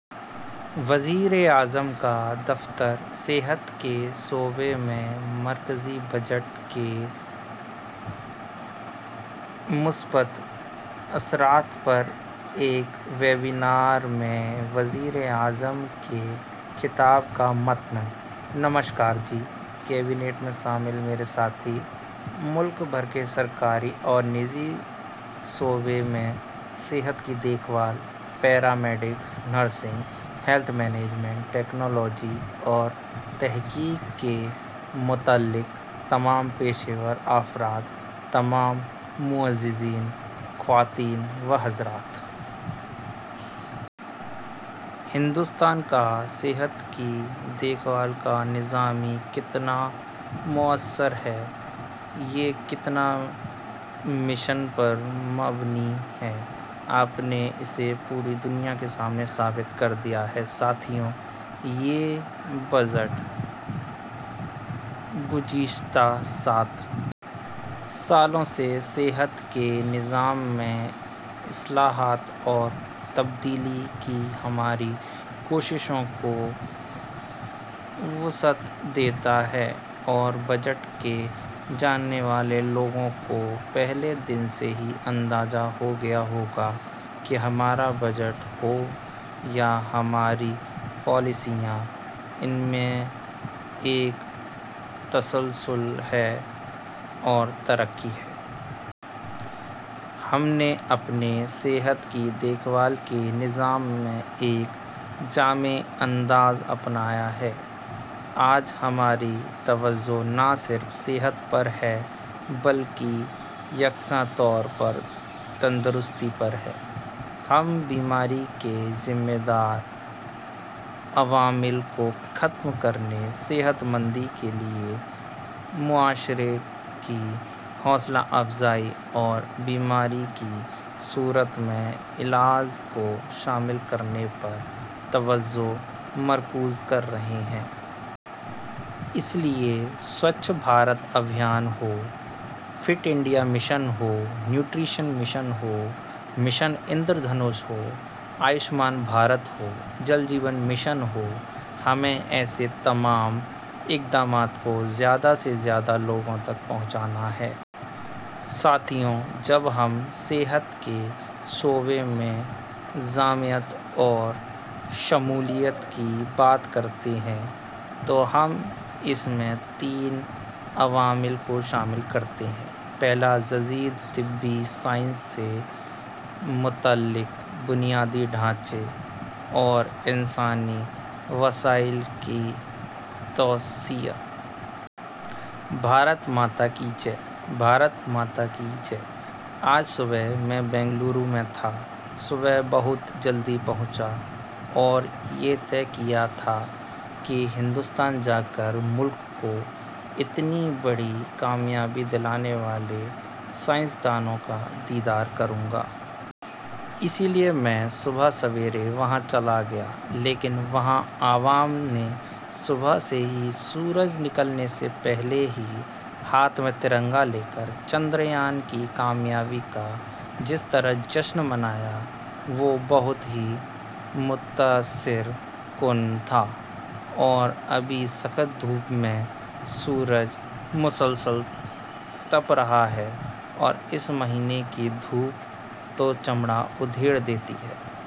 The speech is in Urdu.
وزیراعظم کا دفتر صحت کے شعبے میں مرکزی بجٹ کے مثبت اثرات پر ایک ویبینار میں وزیر اعظم کے خطاب کا متن نمسکار جی! کابینہ میں شامل میرے ساتھی، ملک بھر کے سرکاری اور نجی شعبے میں صحت کی دیکھ بھال، paramedics, nursing, health management, technology اور تحقیق سے متعلق تمام پیشہ ور افراد، تمام معززین، خواتین و حضرات! ہندوستان کا صحت کی دیکھ بھال کا نظام کتنا مؤثر ہے، یہ کتنا مشن پر مبنی ہے، آپ نے اسے پوری دنیا کے سامنے ثابت کر دیا ہے۔ ساتھیوں، یہ بجٹ گزشتہ سات سالوں سے صحت کے نظام میں اصلاحات اور تبدیلی کی ہماری کوششوں کو وسعت دیتا ہے اور بجٹ کے جاننے والے لوگوں کو پہلے دن سے ہی اندازہ ہو گیا ہوگا کہ ہمارا بجٹ ہو یا ہماری پالیسیاں، ان میں ایک تسلسل ہے اور ترقی ہے۔ ہم نے اپنے صحت کی دیکھ بھال کے نظام میں ایک جامع انداز اپنایا ہے۔ آج ہماری توجہ نہ صرف صحت پر ہے بلکہ یکساں طور پر تندرستی پر ہے۔ ہم بیماری کے ذمہ دار عوامل کو ختم کرنے، صحت مندی کے لیے معاشرے کی حوصلہ افزائی اور بیماری کی صورت میں علاج کو شامل کرنے پر توجہ مرکوز کر رہے ہیں۔ اس لیے سوچھ بھارت ابھیان ہو، فٹ انڈیا مشن ہو، نیوٹریشن مشن ہو، مشن اندرا دھنش ہو، آیوشمان بھارت ہو، جل جیون مشن ہو، ہمیں ایسے تمام اقدامات کو زیادہ سے زیادہ لوگوں تک پہنچانا ہے۔ ساتھیوں، جب ہم صحت کے شعبے میں جامعیت اور شمولیت کی بات کرتے ہیں تو ہم اس میں تین عوامل کو شامل کرتے ہیں۔ پہلا، جدید طبی سائنس سے متعلق بنیادی ڈھانچے اور انسانی وسائل کی توسیع۔ بھارت ماتا کی جے! بھارت ماتا کی جے! آج صبح میں بنگلورو میں تھا، صبح بہت جلدی پہنچا تھا اور یہ طے کیا تھا کہ ہندوستان جاکر ملک کو اتنی بڑی کامیابی دلانے والے سائنسدانوں کا دیدار کروں گا۔ اس لیے میں صبح سویرے وہاں چلا گیا، لیکن وہاں عوام نے صبح سے ہی، سورج نکلنے سے پہلے ہی ہاتھ میں ترنگا لے کر چندریان کی کامیابی کا جس طرح جشن منایا، وہ بہت ہی متاثر کن تھا اور ابھی سخت دھوپ میں سورج مسلسل تپ رہا ہے اور اس مہینے کی دھوپ تو چمڑی کو ادھیڑ دیتی ہے۔